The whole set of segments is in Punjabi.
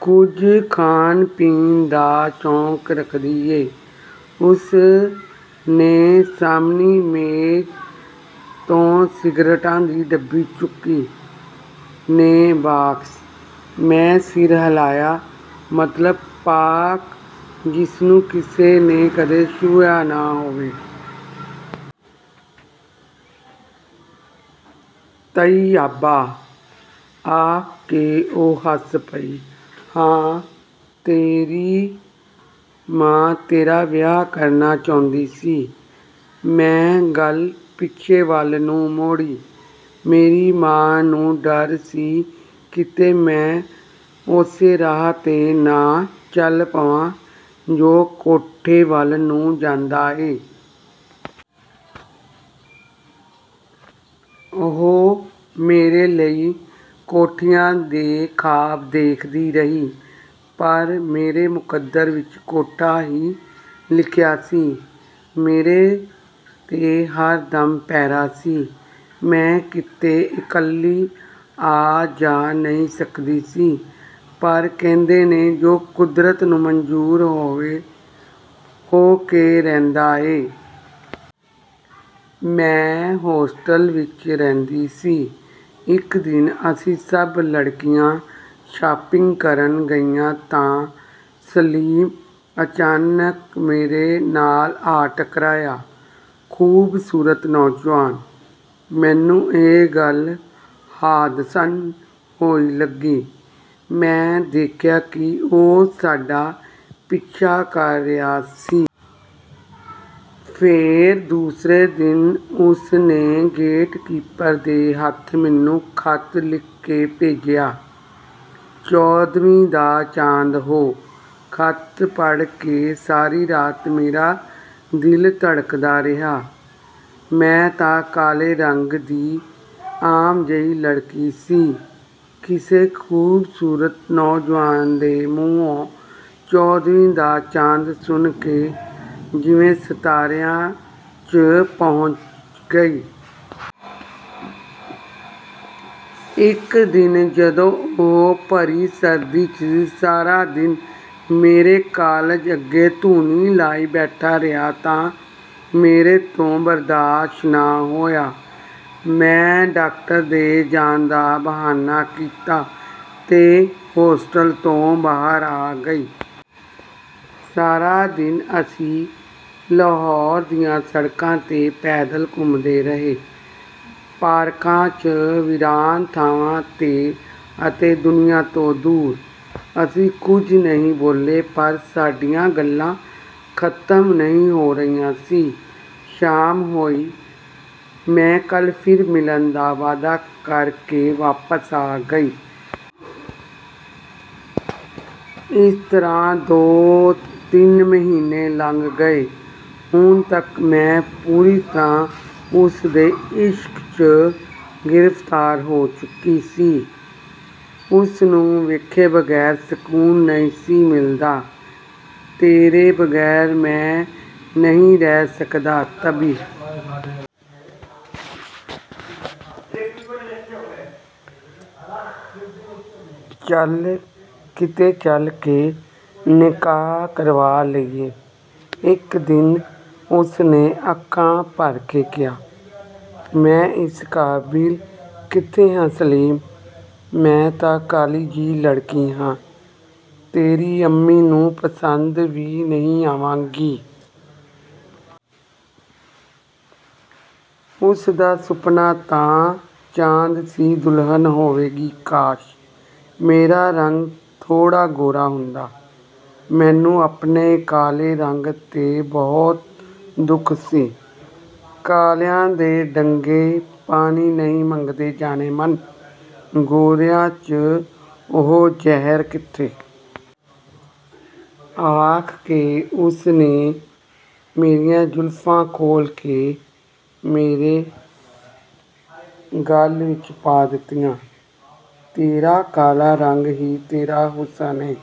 "ਕੁਝ ਖਾਣ ਪੀਣ ਦਾ ਸ਼ੌਕ ਰੱਖਦੀ ਏਂ? " ਉਸ ਨੇ ਸਾਹਮਣੀ ਮੇਜ਼ ਤੋਂ ਸਿਗਰਟਾਂ ਦੀ ਡੱਬੀ ਚੁੱਕੀ। "ਨੋ…. ਥੈਂਕਸ। " ਮੈਂ ਸਿਰ ਹਿਲਾਇਆ। ਮਤਲਬ ਪਾਕ ਜਿਸ ਨੂੰ ਕਿਸੇ ਨੇ ਕਦੇ ਛੁਹਿਆ ਨਾ ਹੋਵੇ। ਤਈਅਬਾ। " ਆਖ ਕੇ ਉਹ ਹੱਸ ਪਈ। "ਹਾਂ, ਤੇਰੀ ਮਾਂ ਤੇਰਾ ਵਿਆਹ ਕਰਨਾ ਚਾਹੁੰਦੀ ਸੀ। " ਮੈਂ ਗੱਲ ਪਿੱਛੇ ਵੱਲ ਨੂੰ ਮੋੜੀ। "ਮੇਰੀ ਮਾਂ ਨੂੰ ਡਰ ਸੀ ਕਿਤੇ ਮੈਂ ਉਸੇ ਰਾਹ 'ਤੇ ਨਾ ਚੱਲ ਪਵਾਂ ਜੋ ਕੋਠੇ ਵੱਲ ਨੂੰ ਜਾਂਦਾ ਏ। ਉਹ ਮੇਰੇ ਲਈ ਕੋਠੀਆਂ ਦੇ ਖਾਬ ਦੇਖਦੀ ਰਹੀ ਪਰ ਮੇਰੇ ਮੁਕੱਦਰ ਵਿਚ ਕੋਠਾ ਹੀ ਲਿਖਿਆ ਸੀ। ਮੇਰੇ 'ਤੇ ਹਰ ਦਮ ਪਹਿਰਾ ਸੀ। ਮੈਂ ਕਿਤੇ ਇਕੱਲੀ ਆ ਜਾ ਨਹੀਂ ਸਕਦੀ ਸੀ ਪਰ ਕਹਿੰਦੇ ਨੇ ਜੋ ਕੁਦਰਤ ਨੂੰ ਮੰਜ਼ੂਰ ਹੋਵੇ ਹੋ ਕੇ ਰਹਿੰਦਾ ਏ। ਮੈਂ ਹੋਸਟਲ ਵਿਚ ਰਹਿੰਦੀ ਸੀ। ਇੱਕ ਦਿਨ ਅਸੀਂ ਸਭ ਲੜਕੀਆਂ ਸ਼ਾਪਿੰਗ ਕਰਨ ਗਈਆਂ ਤਾਂ ਸਲੀਮ ਅਚਾਨਕ ਮੇਰੇ ਨਾਲ ਆ ਟਕਰਾਇਆ। ਖੂਬਸੂਰਤ ਨੌਜਵਾਨ। ਮੈਨੂੰ ਇਹ ਗੱਲ ਹਾਦਸਨ ਹੋਈ ਲੱਗੀ। ਮੈਂ ਦੇਖਿਆ ਕਿ ਉਹ ਸਾਡਾ ਪਿੱਛਾ ਕਰ ਰਿਹਾ ਸੀ। ਫੇਰ ਦੂਸਰੇ ਦਿਨ ਉਸ ਨੇ ਗੇਟਕੀਪਰ ਦੇ ਹੱਥ ਮੈਨੂੰ ਖ਼ਤ ਲਿਖ ਕੇ ਭੇਜਿਆ। "ਚੌਦਵੀਂ ਕਾ ਚਾਂਦ ਹੋ…। " ਖ਼ਤ ਪੜ੍ਹ ਕੇ ਸਾਰੀ ਰਾਤ ਮੇਰਾ ਦਿਲ ਧੜਕਦਾ ਰਿਹਾ। ਮੈਂ ਤਾਂ ਕਾਲੇ ਰੰਗ ਦੀ ਆਮ ਜਿਹੀ ਲੜਕੀ ਸੀ… ਕਿਸੇ ਖ਼ੂਬਸੂਰਤ ਨੌਜਵਾਨ ਦੇ ਮੂੰਹੋਂ 'ਚੌਦਵੀਂ ਕਾ ਚਾਂਦ' ਸੁਣ ਕੇ ਜਿਵੇਂ ਸਿਤਾਰਿਆਂ 'ਚ ਪਹੁੰਚ ਗਈ। ਇੱਕ ਦਿਨ ਜਦੋਂ ਉਹ ਭਰੀ ਸਰਦੀ 'ਚ ਸਾਰਾ ਦਿਨ ਮੇਰੇ ਕਾਲਜ ਅੱਗੋਂ ਧੂਣੀ ਲਾਈ ਬੈਠਾ ਰਿਹਾ ਤਾਂ ਮੇਰੇ ਤੋਂ ਬਰਦਾਸ਼ਤ ਨਾ ਹੋਇਆ। ਮੈਂ ਡਾਕਟਰ ਦੇ ਜਾਣ ਦਾ ਬਹਾਨਾ ਕੀਤਾ ਤੇ ਹੋਸਟਲ ਤੋਂ ਬਾਹਰ ਆ ਗਈ। ਸਾਰਾ ਦਿਨ ਅਸੀਂ ਲਾਹੌਰ ਦੀਆਂ ਸੜਕਾਂ 'ਤੇ ਪੈਦਲ ਘੁੰਮਦੇ ਰਹੇ। ਪਾਰਕਾਂ 'ਚ, ਵੀਰਾਨ ਥਾਵਾਂ 'ਤੇ ਅਤੇ ਦੁਨੀਆਂ ਤੋਂ ਦੂਰ। ਅਸੀਂ ਕੁਝ ਨਹੀਂ ਬੋਲੇ ਪਰ ਸਾਡੀਆਂ ਗੱਲਾਂ ਖ਼ਤਮ ਨਹੀਂ ਹੋ ਰਹੀਆਂ ਸੀ। ਸ਼ਾਮ ਹੋਈ ਮੈਂ 'ਕੱਲ੍ਹ ਫੇਰ ਮਿਲਣ' ਦਾ ਵਾਅਦਾ ਕਰ ਕੇ ਵਾਪਸ ਆ ਗਈ। ਇਸ ਤਰ੍ਹਾਂ ਦੋ ਤਿੰਨ ਮਹੀਨੇ ਲੰਘ ਗਏ। ਹੁਣ ਤੱਕ ਮੈਂ ਪੂਰੀ ਤਰ੍ਹਾਂ ਉਸ ਦੇ ਇਸ਼ਕ 'ਚ ਗ੍ਰਿਫਤਾਰ ਹੋ ਚੁੱਕੀ ਸੀ। ਉਸ ਨੂੰ ਵੇਖੇ ਬਗੈਰ ਸਕੂਨ ਨਹੀਂ ਸੀ ਮਿਲਦਾ। "ਤੇਰੇ ਬਗ਼ੈਰ ਮੈਂ ਨਹੀਂ ਰਹਿ ਸਕਦਾ ਤਬੀ। ਚੱਲ ਕਿਤੇ ਚੱਲ ਕੇ ਨਿਕਾਹ ਕਰਵਾ ਲਈਏ। " ਇੱਕ ਦਿਨ ਉਸ ਨੇ ਅੱਖਾਂ ਭਰ ਕੇ ਕਿਹਾ। "ਮੈਂ ਇਸ ਕਾਬਿਲ ਕਿਥੇ ਹਾਂ ਸਲੀਮ। ਮੈਂ ਤਾਂ ਕਾਲੀ ਜਿਹੀ ਲੜਕੀ ਹਾਂ, ਤੇਰੀ ਅੰਮੀ ਨੂੰ ਪਸੰਦ ਵੀ ਨਹੀਂ ਆਵਾਂਗੀ। ਉਸ ਦਾ ਸੁਪਨਾ ਤਾਂ ਚਾਂਦ ਸੀ ਦੁਲਹਨ ਹੋਵੇਗੀ। ਕਾਸ਼! ਮੇਰਾ ਰੰਗ ਥੋੜ੍ਹਾ ਗੋਰਾ ਹੁੰਦਾ। " ਮੈਨੂੰ ਆਪਣੇ ਕਾਲੇ ਰੰਗ 'ਤੇ ਬਹੁਤ ਦੁਖ ਸੀ। ਕਾਲਿਆਂ ਦੇ ਡੰਗੇ ਪਾਣੀ ਨਹੀਂ ਮੰਗਦੇ ਜਾਨੇਮਨ। ਗੋਰਿਆਂ 'ਚ ਉਹ ਜ਼ਹਿਰ ਕਿੱਥੇ! " ਆਖ ਕੇ ਉਸ ਨੇ ਮੇਰੀਆਂ ਜ਼ੁਲਫਾਂ ਖੋਲ੍ਹ ਕੇ ਮੇਰੇ ਗਲ਼ 'ਚ ਪਾ ਦਿੱਤੀਆਂ। "ਤੇਰਾ ਕਾਲਾ ਰੰਗ ਹੀ ਤੇਰਾ ਹੁਸਨ ਏ।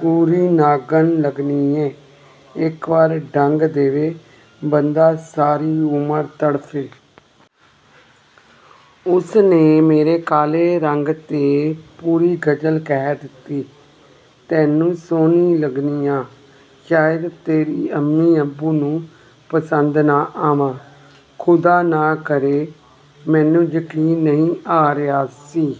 ਪੂਰੀ ਨਾਗਣ ਲੱਗਣੀ ਏਂ, ਇੱਕ ਵਾਰ ਡੰਗ ਦੇਵੇਂ ਬੰਦਾ ਸਾਰੀ ਉਮਰ ਤੜਫੇ। " ਉਸ ਨੇ ਮੇਰੇ ਕਾਲੇ ਰੰਗ 'ਤੇ ਪੂਰੀ ਗਜ਼ਲ ਕਹਿ ਦਿੱਤੀ। "ਤੈਨੂੰ ਸੁਹਣੀ ਲੱਗਣੀ ਆਂ। ਸ਼ਾਇਦ ਤੇਰੇ ਅੰਮੀ ਅੱਬੂ ਨੂੰ ਪਸੰਦ ਨਾ ਆਵਾਂ, ਖੁਦਾ ਨਾ ਕਰੇ। " ਮੈਨੂੰ ਯਕੀਨ ਨਹੀਂ ਆ ਰਿਹਾ ਸੀ।